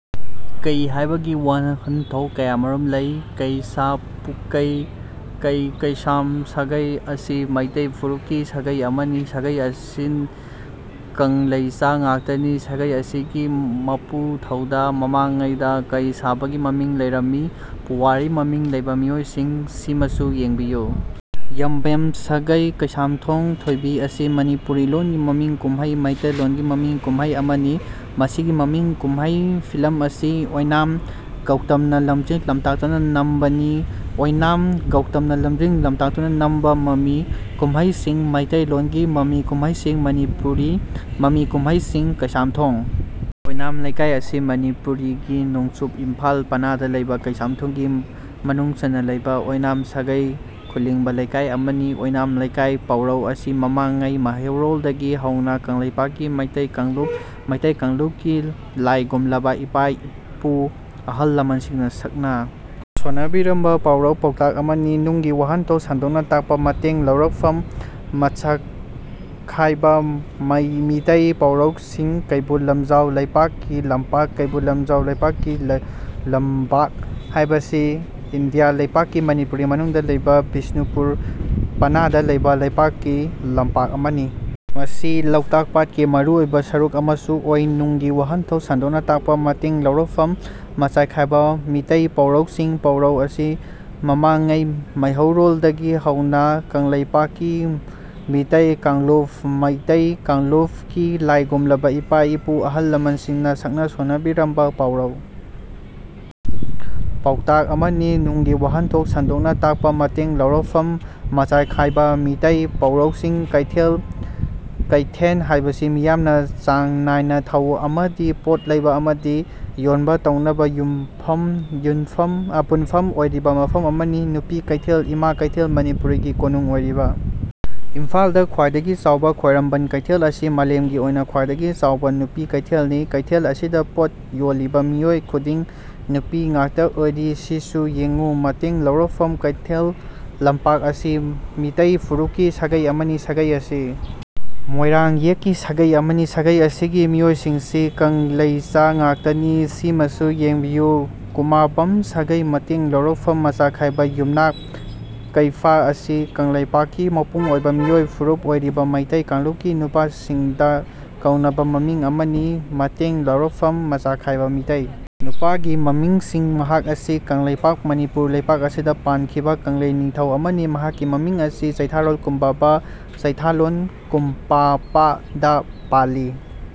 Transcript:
ꯀꯩ ꯍꯥꯢꯕꯒꯤ ꯋꯥꯍꯟꯊꯣꯛ ꯀꯌꯥꯃꯔꯨꯝ ꯂꯩ꯫ ꯀꯩ(ꯁꯥ), ꯄꯨꯀꯩ ꯀꯩ, ꯀꯩꯁꯥꯝ ꯁꯥꯒꯩ ꯑꯁꯤ ꯃꯩꯇꯩ ꯐꯨꯔꯨꯞꯀꯤ ꯁꯥꯒꯩ ꯑꯃꯅꯤ꯫ ꯁꯥꯒꯩ ꯑꯁꯤ ꯀꯪꯂꯩꯆꯥ ꯉꯥꯛꯇꯅꯤ꯫ ꯁꯥꯒꯩ ꯑꯁꯤꯒꯤ ꯃꯄꯨꯊꯧꯗꯨ ꯃꯃꯥꯡꯉꯩꯗ ꯀꯩ ꯁꯥꯕꯒꯤ ꯃꯃꯤꯡ ꯂꯩꯔꯝꯢ꯫ ꯄꯨꯋꯥꯔꯤ ꯃꯃꯤꯡ ꯂꯩꯕ ꯃꯤꯑꯣꯢꯁꯤꯡ ꯁꯤꯃꯁꯨ ꯌꯦꯡꯕꯤꯌꯨ ꯌꯥꯝꯕꯦꯝ ꯁꯥꯒꯩ ꯀꯩꯁꯥꯝꯊꯣꯡ ꯊꯣꯢꯕꯤ ꯑꯁꯤ ꯃꯅꯤꯄꯨꯔꯤ ꯂꯣꯟꯒꯤ ꯃꯃꯤ ꯀꯨꯝꯃꯩ (ꯃꯩꯇꯩꯂꯣꯟꯒꯤ ꯃꯃꯤ ꯀꯨꯝꯍꯩ) ꯑꯃꯅꯤ꯫ ꯃꯁꯤꯒꯤ ꯃꯃꯤ ꯀꯨꯝꯃꯩ (ꯐꯤꯜꯝ) ꯑꯁꯤ ꯑꯣꯢꯅꯥꯝ ꯒꯧꯇꯝꯅ ꯂꯝꯖꯤꯡ-ꯂꯝꯇꯥꯛꯇꯨꯅ ꯅꯝꯕꯅꯤ꯫ ꯑꯣꯢꯅꯥꯝ ꯒꯧꯇꯝꯅ ꯂꯝꯖꯤꯡ-ꯂꯝꯇꯥꯛꯇꯨꯅ ꯅꯝꯕ ꯃꯃꯤ ꯀꯨꯝꯍꯩꯁꯤꯡ:ꯃꯤꯇꯩꯂꯣꯟꯒꯤ ꯃꯃꯤ ꯀꯨꯝꯍꯩꯁꯤꯡ:ꯃꯅꯤꯄꯨꯔꯤ ꯃꯃꯤ ꯀꯨꯝꯍꯩꯁꯤꯡ "ꯀꯩꯁꯥꯝꯊꯣꯡ ꯑꯣꯢꯅꯥꯝ ꯂꯩꯀꯥꯢ" ꯑꯁꯤ ꯃꯅꯤꯄꯨꯔꯒꯤ ꯅꯣꯡꯆꯨꯞ ꯏꯝꯐꯥꯜ ꯄꯅꯥꯗ ꯂꯩꯕ ꯀꯩꯁꯥꯝꯊꯣꯡꯒꯤ ꯃꯅꯨꯡ ꯆꯟꯅ ꯂꯩꯕ ꯑꯣꯢꯅꯥꯝ ꯁꯥꯒꯩꯅ ꯈꯨꯜꯂꯤꯡꯕ ꯂꯩꯀꯥꯢ ꯑꯃꯅꯤ꯫ ꯑꯣꯢꯅꯥꯝ ꯂꯩꯀꯥꯢ ꯄꯥꯎꯔꯧ ꯑꯁꯤ ꯃꯃꯥꯡꯉꯩ ꯃꯩꯍꯧꯔꯣꯜꯗꯒꯤ ꯍꯧꯅ ꯀꯪꯂꯩꯄꯥꯛꯀꯤ ꯃꯤꯇꯩ ꯀꯥꯡꯂꯨꯞ (ꯃꯩꯇꯩ ꯀꯥꯡꯂꯨꯞ)ꯀꯤ ꯂꯥꯢꯒꯨꯝꯂꯕ ꯏꯄꯥ-ꯏꯄꯨ ꯑꯍꯜ-ꯂꯃꯟꯁꯤꯡꯅ ꯁꯛꯅ ꯁꯣꯟꯅꯕꯤꯔꯝꯕ ꯄꯥꯎꯔꯧ ꯄꯥꯎꯇꯥꯛ ꯑꯃꯅꯤ꯫ ꯅꯨꯡꯒꯤ ꯋꯥꯍꯟꯊꯣꯛ ꯁꯟꯗꯣꯛꯅ ꯇꯥꯛꯄ ꯃꯇꯦꯡ ꯂꯧꯔꯛꯐꯝ ꯃꯆꯥꯈꯥꯏꯕ ꯃꯤꯇꯩ ꯄꯥꯎꯔꯧꯁꯤꯡ ꯀꯩꯕꯨꯜ ꯂꯝꯆꯥꯎ ꯂꯩꯄꯥꯛꯀꯤ ꯂꯝꯄꯥꯛ (ꯀꯩꯕꯨꯜ ꯂꯝꯖꯥꯎ ꯂꯩꯕꯥꯛꯀꯤ ꯂꯝꯕꯥꯛ) ꯍꯥꯏꯕꯁꯤ ꯏꯟꯗꯤꯌꯥ ꯂꯩꯄꯥꯛꯀꯤ ꯃꯅꯤꯄꯨꯔ ꯃꯅꯨꯡꯗ ꯂꯩꯕ ꯕꯤꯁ꯭ꯅꯨꯄꯨꯔ ꯄꯅꯥꯗ ꯂꯩꯕ ꯂꯩꯄꯥꯛꯀꯤ ꯂꯝꯄꯥꯛ ꯑꯃꯅꯤ꯫ ꯃꯁꯤ ꯂꯣꯛꯇꯥꯛ ꯄꯥꯠꯀꯤ ꯃꯔꯨ ꯑꯣꯢꯕ ꯁꯔꯨꯛ ꯑꯃꯁꯨ ꯑꯣꯢ꯫ ꯅꯨꯡꯒꯤ ꯋꯥꯍꯟꯊꯣꯛ ꯁꯟꯗꯣꯛꯅ ꯇꯥꯛꯄ ꯃꯇꯦꯡ ꯂꯧꯔꯛꯐꯝ ꯃꯆꯥꯈꯥꯏꯕ ꯃꯤꯇꯩ ꯄꯥꯎꯔꯧꯁꯤꯡ ꯄꯥꯎꯔꯧ ꯑꯁꯤ ꯃꯃꯥꯡꯉꯩ ꯃꯩꯍꯧꯔꯣꯜꯗꯒꯤ ꯍꯧꯅ ꯀꯪꯂꯩꯄꯥꯛꯀꯤ ꯃꯤꯇꯩ ꯀꯥꯡꯂꯨꯞ (ꯃꯩꯇꯩ ꯀꯥꯡꯂꯨꯞ)ꯀꯤ ꯂꯥꯢꯒꯨꯝꯂꯕ ꯏꯄꯥ-ꯏꯄꯨ ꯑꯍꯜ-ꯂꯃꯟꯁꯤꯡꯅ ꯁꯛꯅ ꯁꯣꯟꯅꯕꯤꯔꯝꯕ ꯄꯥꯎꯔꯧ ꯄꯥꯎꯇꯥꯛ ꯑꯃꯅꯤ꯫ ꯅꯨꯡꯒꯤ ꯋꯥꯍꯟꯊꯣꯛ ꯁꯟꯗꯣꯛꯅ ꯇꯥꯛꯄ ꯃꯇꯦꯡ ꯂꯧꯔꯛꯐꯝ ꯃꯆꯥꯈꯥꯏꯕ:ꯃꯤꯇꯩ ꯄꯥꯎꯔꯧꯁꯤꯡ ꯀꯩꯊꯦꯜ (ꯀꯩꯊꯦꯟ) ꯍꯥꯏꯕꯁꯤ ꯃꯤꯌꯥꯝꯅ ꯆꯥꯡ ꯅꯥꯢꯅ ꯊꯧ ꯑꯃꯗꯤ ꯄꯣꯠ ꯂꯩꯕ ꯑꯃꯗꯤ ꯌꯣꯟꯕ ꯇꯧꯅꯅꯕ ꯄꯨꯟꯐꯝ ꯑꯣꯢꯔꯤꯕ ꯃꯐꯝ ꯑꯃꯅꯤ꯫ ꯅꯨꯄꯤ ꯀꯩꯊꯦꯜ-ꯏꯃꯥ ꯀꯩꯊꯦꯜ ꯃꯅꯤꯄꯨꯔꯒꯤ ꯀꯣꯅꯨꯡ ꯑꯣꯏꯔꯤꯕ ꯏꯝꯐꯥꯜꯗ ꯈ꯭ꯋꯥꯏꯗꯒꯤ ꯆꯥꯎꯕ ꯈ꯭ꯋꯥꯏꯔꯝꯕꯟ ꯀꯩꯊꯦꯜ ꯑꯁꯤ ꯃꯂꯦꯝꯒꯤ ꯑꯣꯏꯅ ꯈ꯭ꯋꯥꯏꯗꯒꯤ ꯆꯥꯎꯕ ꯅꯨꯄꯤ ꯀꯩꯊꯦꯜꯅꯤ, ꯀꯩꯊꯦꯜ ꯑꯁꯤꯗ ꯄꯣꯠ ꯌꯣꯟꯂꯤꯕ ꯃꯤꯑꯣꯏ ꯈꯨꯗꯤꯡ ꯅꯨꯄꯤ ꯉꯥꯛꯇ ꯑꯣꯏꯔꯤ꯫ ꯁꯤꯁꯨ ꯌꯦꯡꯉꯨ ꯃꯇꯦꯡ ꯂꯧꯔꯛꯐꯝ ꯀꯩꯊꯦꯜꯂꯥꯛꯄꯝ ꯑꯁꯤ ꯃꯤꯇꯩ ꯐꯨꯔꯨꯞꯀꯤ ꯁꯥꯒꯩ ꯑꯃꯅꯤ꯫ ꯁꯥꯒꯩ ꯑꯁꯤ ꯃꯣꯢꯔꯥꯡ ꯌꯦꯛꯀꯤ ꯁꯥꯒꯩ ꯑꯃꯅꯤ꯫ ꯁꯥꯒꯩ ꯑꯁꯤꯒꯤ ꯃꯤꯑꯣꯢꯁꯤꯡꯁꯤ ꯀꯪꯂꯩꯆꯥ ꯉꯥꯛꯇꯅꯤ꯫ ꯁꯤꯃꯁꯨ ꯌꯦꯡꯕꯤꯌꯨ ꯀꯨꯃꯥꯕꯝ ꯁꯥꯒꯩ ꯃꯇꯦꯡ ꯂꯧꯔꯛꯐꯝ ꯃꯆꯥꯈꯥꯏꯕ:ꯌꯨꯝꯅꯥꯛ ꯀꯩꯐꯥ ꯑꯁꯤ ꯀꯪꯂꯩꯄꯥꯛꯀꯤ ꯃꯄꯨꯡ ꯑꯣꯢꯕ ꯃꯤꯑꯣꯢ ꯐꯨꯔꯨꯞ ꯑꯣꯢꯔꯤꯕ ꯃꯤꯇꯩ ꯀꯥꯡꯂꯨꯞꯀꯤ ꯅꯨꯄꯥꯁꯤꯡꯗ ꯀꯧꯅꯕ ꯃꯃꯤꯡ ꯑꯃꯅꯤ꯫ ꯃꯇꯦꯡ ꯂꯧꯔꯛꯐꯝ ꯃꯆꯥꯈꯥꯏꯕ:ꯃꯤꯇꯩ ꯅꯨꯄꯥꯒꯤ ꯃꯃꯤꯡꯁꯤꯡ ꯃꯍꯥꯛ ꯑꯁꯤ ꯀꯪꯂꯩꯄꯥꯛ (ꯃꯅꯤꯄꯨꯔ) ꯂꯩꯄꯥꯛ ꯑꯁꯤꯗ ꯄꯥꯟꯈꯤꯕ ꯀꯪꯂꯩ ꯅꯤꯡꯊꯧ ꯑꯃꯅꯤ꯫ ꯃꯍꯥꯛꯀꯤ ꯃꯃꯤꯡ ꯑꯁꯤ ꯆꯩꯊꯥꯔꯣꯜ ꯀꯨꯝꯕꯥꯕ (ꯆꯩꯊꯥꯂꯣꯜ ꯀꯨꯝꯄꯥꯄ)ꯗ ꯄꯜꯂꯤ꯫